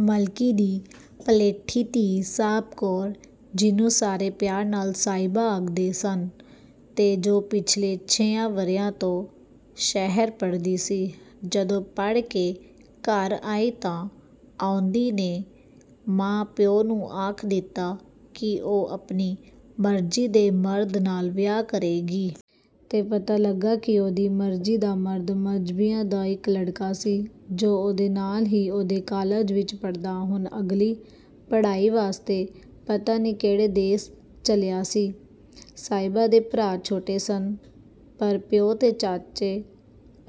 ਮਲਕੀ ਦੀ ਪਲੇਠੀ ਧੀ ਸਾਹਬ ਕੌਰ, ਜਿਹਨੂੰ ਸਾਰੇ ਪਿਆਰ ਨਾਲ ਸਾਹਿਬਾਂ ਆਖਦੇ ਸਨ, ਤੇ ਜੋ ਪਿਛਲੇ ਛੇਆਂ ਵਰ੍ਹਿਆਂ ਤੋਂ ਸ਼ਹਿਰ ਪੜ੍ਹਦੀ ਸੀ, ਜਦੋਂ ਪੜ੍ਹ ਕੇ ਘਰ ਆਈ ਤਾਂ ਔਂਦੀ ਨੇ ਮਾਂ ਪਿਉ ਨੂੰ ਆਖ ਦਿੱਤਾ ਕਿ ਉਹ ਆਪਣੀ ਮਰਜ਼ੀ ਦੇ ਮਰਦ ਨਾਲ ਵਿਆਹ ਕਰੇਗੀ। ਤੇ ਪਤਾ ਲੱਗਾ ਕਿ ਉਹਦੀ ਮਰਜ਼ੀ ਦਾ ਮਰਦ ਮਜ਼੍ਹਬੀਆਂ ਦਾ ਇਕ ਲੜਕਾ ਸੀ, ਜੋ ਉਹਦੇ ਨਾਲ ਹੀ ਉਹਦੇ ਕਾਲਜ ਵਿਚ ਪੜ੍ਹਦਾ ਹੁਣ ਅਗਲੀ ਪੜ੍ਹਾਈ ਵਾਸਤੇ ਪਤਾ ਨਹੀਂ ਕਿਹੜੇ ਦੇਸ ਚੱਲਿਆ ਸੀ… ਸਾਹਿਬਾਂ ਦੇ ਭਰਾ ਛੋਟੇ ਸਨ, ਪਰ ਪਿਉ ਤੇ ਚਾਚੇ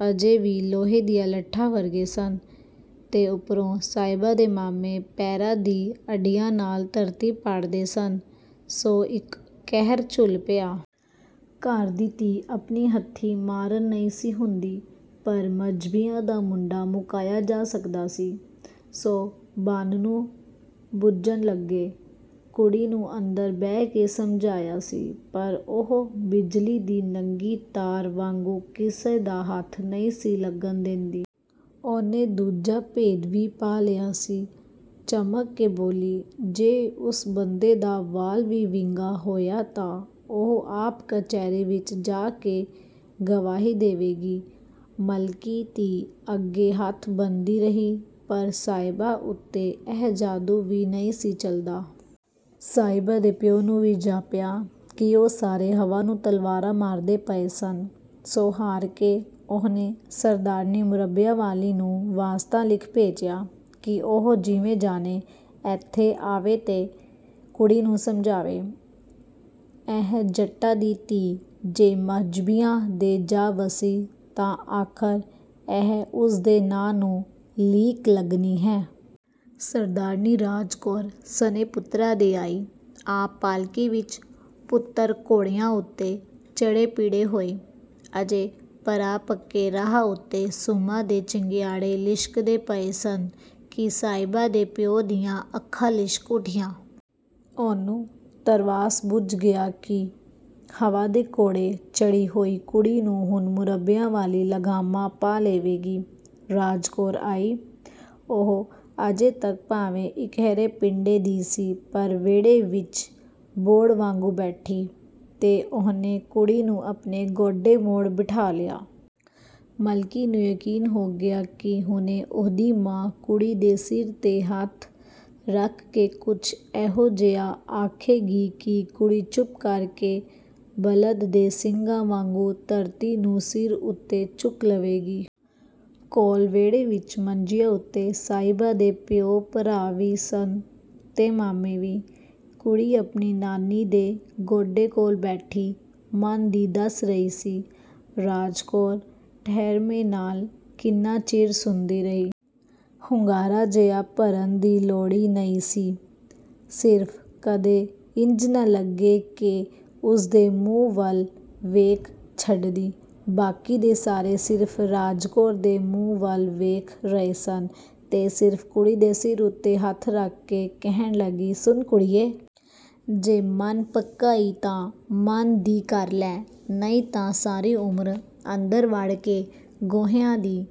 ਅਜੇ ਵੀ ਲੋਹੇ ਦੀਆਂ ਲੱਠਾਂ ਵਰਗੇ ਸਨ, ਤੇ ਉਧਰੋਂ ਸਾਹਿਬਾਂ ਦੇ ਮਾਮੇ ਪੈਰਾਂ ਦੀ ਅੱਡੀ ਨਾਲ ਧਰਤੀ ਪਾੜਦੇ ਸਨ, ਸੋ ਇਕ ਕਹਿਰ ਝੁੱਲ ਪਿਆ। ਘਰ ਦੀ ਧੀ ਆਪਣੀ ਹੱਥੀਂ ਮਾਰਣ ਨਹੀਂ ਸੀ ਹੁੰਦੀ, ਪਰ ਮਜ਼੍ਹਬੀਆਂ ਦਾ ਮੁੰਡਾ ਮੁਕਾਇਆ ਜਾ ਸਕਦਾ ਸੀ। ਸੋ ਬਾਨ੍ਹਣੂ ਬੱਝਣ ਲੱਗੇ। ਕੁੜੀ ਨੂੰ ਅੰਦਰ ਬਹਿ ਕੇ ਸਮਝਾਇਆ ਸੀ, ਪਰ ਉਹ ਬਿਜਲੀ ਦੀ ਨੰਗੀ ਤਾਰ ਵਾਂਗੂੰ ਕਿਸੇ ਦਾ ਹੱਥ ਨਹੀਂ ਸੀ ਲੱਗਣ ਦੇਂਦੀ। ਉਹਨੇ ਦੂਜਾ ਭੇਤ ਵੀ ਪਾ ਲਿਆ ਸੀ – ਚਮਕ ਕੇ ਬੋਲੀ "ਜੇ ਉਸ ਬੰਦੇ ਦਾ ਵਾਲ ਵੀ ਵਿੰਗਾ ਹੋਇਆ ਤਾਂ ਉਹ ਆਪ ਕਚਿਹਰੀ ਵਿਚ ਜਾ ਕੇ ਗਵਾਹੀ ਦੇਵੇਗੀ" ਮਲਕੀ, ਧੀ ਅੱਗੇ ਹੱਥ ਬੰਨ੍ਹਦੀ ਰਹੀ, ਪਰ ਸਾਹਿਬਾਂ ਉਤੇ ਇਹ ਜਾਦੂ ਵੀ ਨਹੀਂ ਸੀ ਚਲਦਾ। ਸਾਹਿਬਾਂ ਦੇ ਪਿਉ ਨੂੰ ਵੀ ਜਾਪਿਆ – ਕਿ ਉਹ ਸਾਰੇ ਹਵਾ ਨੂੰ ਤਲਵਾਰਾਂ ਮਾਰਦੇ ਪਏ ਸਨ। ਸੋ ਹਾਰ ਕੇ ਉਹਨੇ ਸਰਦਾਰਨੀ ਮੁਰੱਬਿਆਂ ਵਾਲੀ ਨੂੰ ਵਾਸਤਾ ਲਿਖ ਭੇਜਿਆ ਕਿ ਉਹ ਜਿਵੇਂ ਜਾਣੇ, ਇਥੇ ਆਵੇ ਤੇ ਕੁੜੀ ਨੂੰ ਸਮਝਾਵੇ, ਇਹ ਜੱਟਾਂ ਦੀ ਧੀ ਜੇ ਮਜ਼੍ਹਬੀਆਂ ਦੇ ਜਾ ਵੱਸੀ, ਤਾਂ ਆਖਰ ਇਹ ਉਸੇ ਦੇ ਨਾਂ ਨੂੰ ਲੀਕ ਲੱਗਣੀ ਹੈ.. ਸਰਦਾਰਨੀ ਰਾਜ ਕੌਰ ਸਣੇ ਪੁੱਤਰਾਂ ਦੇ ਆਈ। ਆਪ ਪਾਲਕੀ ਵਿਚ, ਪੁੱਤਰ ਘੋੜਿਆਂ ਉਤੇ ਚੜ੍ਹੇ ਪੀੜੇ ਹੋਏ। ਅਜੇ ਪਰ੍ਹਾਂ ਪੱਕੇ ਰਾਹ ਉਤੇ ਸੁੰਮਾਂ ਦੇ ਚੰਗਿਆੜੇ ਲਿਸ਼ਕਦੇ ਪਏ ਸਨ ਕਿ ਸਾਹਿਬਾਂ ਦੇ ਪਿਉ ਦੀਆਂ ਅੱਖਾਂ ਲਿਸ਼ਕ ਉਠੀਆਂ। ਉਹਨੂੰ ਧਰਵਾਸ ਬੱਝ ਗਿਆ ਕਿ ਹਵਾ ਦੇ ਘੋੜੇ ਚੜ੍ਹੀ ਹੋਈ ਕੁੜੀ ਨੂੰ ਹੁਣ ਮੁਰੱਬਿਆਂ ਵਾਲੀ ਲਗਾਮਾਂ ਪਾ ਲਵੇਗੀ। ਰਾਜ ਕੌਰ ਆਈ, ਉਹ ਅਜੇ ਤੱਕ ਭਾਵੇਂ ਇਕਹਿਰੇ ਪਿੰਡੇ ਦੀ ਸੀ, ਪਰ ਵੇਹੜੇ ਵਿਚ ਬੋਹੜ ਵਾਂਗੂੰ ਬੈਠੀ, ਤੇ ਉਹਨੇ ਕੁੜੀ ਨੂੰ ਆਪਣੇ ਗੋਡੇ ਮੁੱਢ ਬਿਠਾ ਲਿਆ। ਮਲਕੀ ਨੂੰ ਯਕੀਨ ਹੋ ਗਿਆ ਕਿ ਹੁਣੇ ਉਹਦੀ ਮਾਂ – ਕੁੜੀ ਦੇ ਸਿਰ ਤੇ ਹੱਥ ਰੱਖ ਕੇ ਕੁਝ ਇਹੋ ਜਿਹਾ ਆਖੇਗੀ ਕਿ ਕੁੜੀ ਚੁੱਪ ਕਰ ਕੇ ਬਲਦ ਦੇ ਸਿੰਗਾਂ ਵਾਂਗੂੰ ਧਰਤੀ ਨੂੰ ਸਿਰ ਉਤੇ ਚੁੱਕ ਲਵੇਗੀ.. ਕੋਲ ਵੇਹੜੇ ਵਿਚ ਮੰਜੀਆਂ ਉਤੇ ਸਾਹਿਬਾਂ ਦੇ ਪਿਉ ਭਰਾ ਵੀ ਸਨ ਤੇ ਮਾਮੇ ਵੀ। ਕੁੜੀ ਆਪਣੀ ਨਾਨੀ ਦੇ ਗੋਡੇ ਕੋਲ ਬੈਠੀ ਮਨ ਦੀ ਦੱਸ ਰਹੀ ਸੀ। ਰਾਜ ਕੌਰ ਠਰ੍ਹੰਮੇ ਨਾਲ ਕਿੰਨਾ ਚਿਰ ਸੁਣਦੀ ਰਹੀ। ਹੁੰਗਾਰਾ ਜਿਹਾ ਵੀ ਭਰਨ ਦੀ ਲੋੜੀ ਨਹੀਂ ਸੀ, ਸਿਰਫ ਕਦੇ ਨੀਝ ਲਾ ਕੇ ਉਹਦੇ ਮੂੰਹ ਵੱਲ ਵੇਖ ਛੱਡਦੀ। ਬਾਕੀ ਦੇ ਸਾਰੇ ਸਿਰਫ਼ ਰਾਜ ਕੌਰ ਦੇ ਮੂੰਹ ਵੱਲ ਵੇਖ ਰਹੇ ਸਨ। ਤੇ ਫੇਰ ਕੁੜੀ ਦੇ ਸਿਰ ਉਤੇ ਹੱਥ ਰੱਖ ਕੇ ਕਹਿਣ ਲੱਗੀ – "ਸੁਣ ਕੁੜੀਏ! ਜੇ ਮਨ ਪੱਕਾ ਈ, ਤਾਂ ਮਨ ਦੀ ਕਰ ਲੈ! ਨਹੀਂ ਤਾ ਸਾਰੀ ਉਮਰ ਅੰਦਰ ਵੜ ਕੇ ਗੋਹਿਆਂ ਦੀ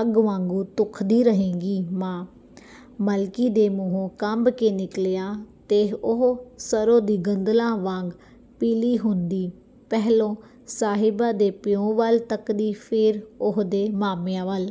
ਅੱਗ ਵਾਂਗੂੰ ਧੁਖਦੀ ਰਹੇਂਗੀ" "ਮਾਂ! " ਮਲਕੀ ਦੇ ਮੂੰਹੋਂ ਕੰਬ ਕੇ ਨਿਕਲਿਆ ਤੇ ਉਹ ਸਰ੍ਹੋਂ ਦੀ ਗੰਦਲ ਵਾਂਗ ਪੀਲੀ ਹੁੰਦੀ ਪਹਿਲੋਂ ਸਾਹਿਬਾਂ ਦੇ ਪਿਉ ਵੱਲ ਤੱਕੀ ਫੇਰ ਉਹਦੇ ਮਾਮਿਆਂ ਵੱਲ।